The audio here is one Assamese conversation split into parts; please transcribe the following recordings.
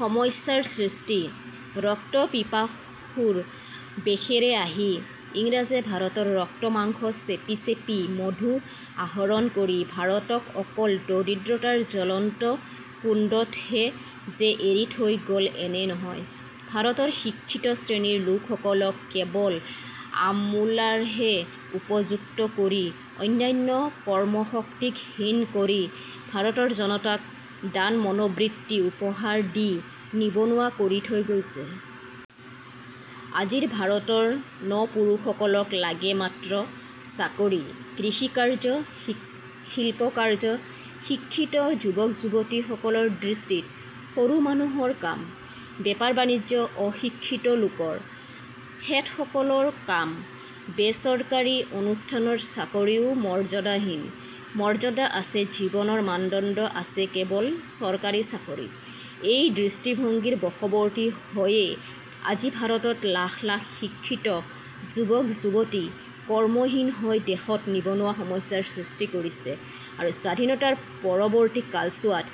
সমস্যাৰ সৃষ্টি – ৰক্তপিপাসুৰ বেশেৰে আহি ইংৰাজে ভাৰতৰ ৰক্ত-মাংস চেপি চেপি মধু আহৰণ কৰি ভাৰতক অকল দৰিদ্ৰতাৰ জ্বলন্ত কুণ্ডতেইহে যে এৰি থৈ গ'ল এনে নহয়, ভাৰতৰ শিক্ষিত শ্ৰেণীৰ লোকসকলক কেৱল আমোলাৰহে উপযুক্ত কৰি, অন্যান্য কৰ্মশক্তিত হীন কৰি, ভাৰতৰ জনতাক দাস-মনোবৃত্তি উপহাৰ দি নিবনুৱা কৰি থৈ গ'ল। আজিৰ ভাৰতৰ ন-পুৰুষসকলক লাগে মাত্ৰ চাকৰি; কৃষিকাৰ্য, শিল্পকাৰ্য, শিক্ষিত যুৱক-যুৱতীসকলৰ দৃষ্টিত সৰু মানুহৰ কাম; বেপাৰ-বাণিজ্য অশিক্ষিত লোকৰ, শেঠসকলৰ কাম। বে-চৰকাৰী অনুষ্ঠানৰ চাকৰিও মৰ্যাদাহীন; মৰ্যাদা আছে, জীৱনৰ মানদণ্ড আছে কেৱল চৰকাৰী চাকৰিত। এই দৃষ্টিভংগীৰ বশৱৰ্তী হৈয়ে আজি ভাৰতত লাখ লাখ শিক্ষিত যুৱক-যুৱতী কৰ্মহীন হৈ দেশত নিবনুৱা সমস্যাৰ সৃষ্টি কৰিছে আৰু স্বাধীনতাৰ পৰৱৰ্তী কালছোৱাত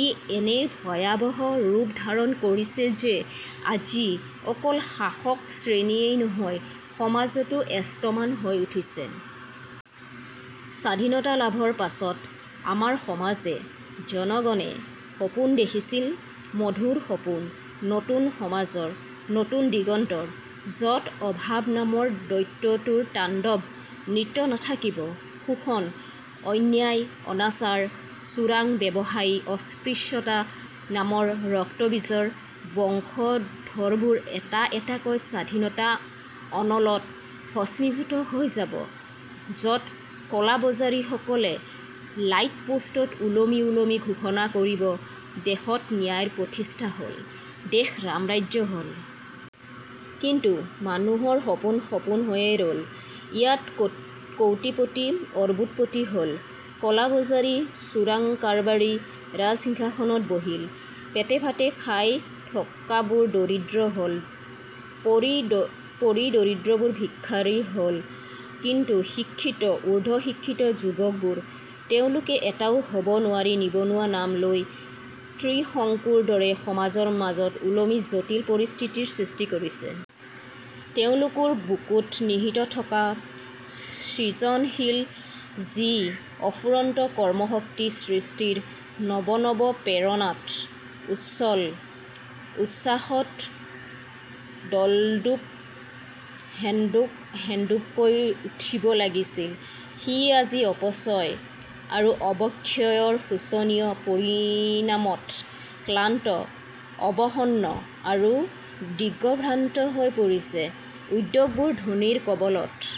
ই এনে ভয়াৱহ ৰূপ ধাৰণ কৰিছে যে আজি অকল শাসক শ্ৰেণীয়েই নহয়, সমাজো এস্তমান হৈ উঠিছে। স্বাধীনতা লাভৰ পাছত আমাৰ সমাজে, জনগণে সপোন দেখিছিল- মধুৰ সপোন; নতুন সমাজৰ, নতুন দিগন্তৰ; য'ত অভাৱ নামৰ দৈত্যটোৰ তাণ্ডৱ নৃত্য নাথাকিব; শোষণ, অন্যায়-অনাচাৰ, চোৰাং ব্যৱসায়, অস্পৃশ্যতা নামৰ ৰক্ত-বীজৰ বংশধৰবোৰ এটা এটাকৈ স্বাধীনতা-অনলত ভস্মীভূত হৈ যাব; য'ত ক'লাবজাৰীসকলে লাইট-পোষ্টত ওলমি ওলমি ঘোষণা কৰিব "দেশত ন্যায়ৰ প্ৰতিষ্ঠা হ'ল, দেশ ৰামৰাজ্য হ'ল। " কিন্তু মানুহৰ সপোন সপোন হৈয়ে ৰ'ল। ইয়াত কোটিপতি অৰ্বুদপতি হ'ল; ক'লাবজাৰী, চোৰাং কাৰবাৰী ৰাজ-সিংহাসনত বহিল। পেটে-ভাতে খাই থকাবোৰ দৰিদ্ৰ হ'ল, পৰিদ্ৰবোৰ ভিক্ষাৰী হ'ল। কিন্তু শিক্ষিত, অৰ্দ্ধ শিক্ষিত যুৱকবোৰ? তেওঁলোকে এটাও হ'ব নোৱাৰি নিবনুৱা নাম লৈ ত্ৰিশংকুৰ দৰে সমাজৰ মাজত ওলমি জটিল পৰিস্থিতিৰ সৃষ্টি কৰিছ। তেওঁলোকৰ বুকুত নিহিত থকা সৃজনশীল যি অফুৰন্ত কৰ্মশক্তি সৃষ্টিৰ নৱ নৱ প্ৰেৰণাত, উচ্ছল উচ্ছ্বাসত দল্দোপ-হেন্দোল্দোপকৈ উঠিব লাগিছিল, সি আজি অপচয় আৰু অৱক্ষয়ৰ শোচনীয় পৰিণামত ক্লান্ত, অৱসন্ন আৰু দিগ্ভ্ৰান্ত হৈ পৰিছে। উদ্যোগবোৰ ধনীৰ কবলত.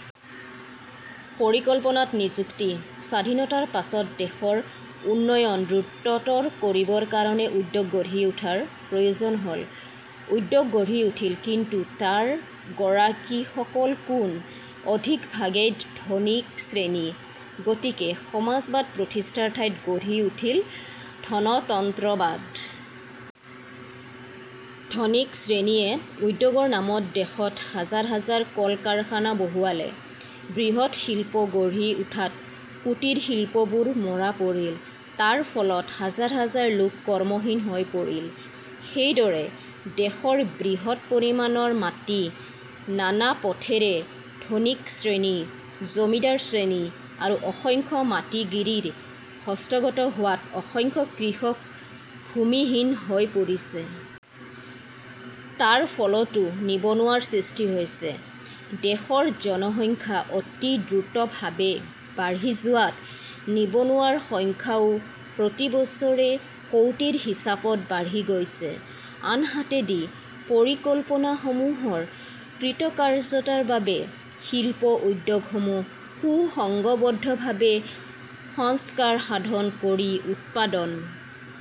পৰিকল্পনাত নিযুক্তি – স্বাধীনতাৰ পাছত দেশৰ উন্নয়ন দ্ৰুততৰ কৰিবৰ কাৰণে উদ্যোগ গঢ়ি উঠাৰ প্ৰয়োজন হ'ল৷ উদ্যোগ গঢ়ি উঠিল; কিন্তু তাৰ গৰাকীসকল কোন? অধিক ভাগেই ধনিক শ্ৰেণী। গতিকে সমাজবাদ প্ৰতিষ্ঠাৰ ঠাইত গঢ়ি উঠিল ধনতন্ত্ৰবাদ। ধনিক শ্ৰেণীয়ে উদ্যোগৰ নামত দেশত হাজাৰ হাজাৰ কল কাৰখানা বহুৱালে। বৃহৎ শিল্প গঢ়ি উঠাত কুটীৰশিল্পবোৰ মৰা পৰিল। তাৰ ফলত হাজাৰ হাজাৰ লোক কৰ্মহীন হৈ পৰিল। সেইদৰে দেশৰ বৃহৎ পৰিমাণৰ মাটি নানা পথেৰে ধনিক শ্ৰেণী, জমিদাৰ শ্ৰেণী আৰু অসংখ্য মাটি-গিৰিৰ হস্তগত হোৱাত অসংখ্য কৃষক ভূমিহীন হৈ পৰিছে। তাৰ ফলতো নিবনুৱাৰ সৃষ্টি হৈছে। দেশৰ জনসংখ্যা অতি দ্ৰুতভাৱে বাঢ়ি যোৱাত নিবনুৱাৰ সংখ্যাও প্ৰতি বছৰে কোটিৰ হিচাপত বাঢ়ি গৈছে। আনহাতেদি পৰিকল্পনাসমূহৰ কৃতকাৰ্যতাৰ বাবে শিল্প উদ্যোগসমূহ সুসংবদ্ধভাৱে সংস্কাৰ সাধন কৰি উৎপাদন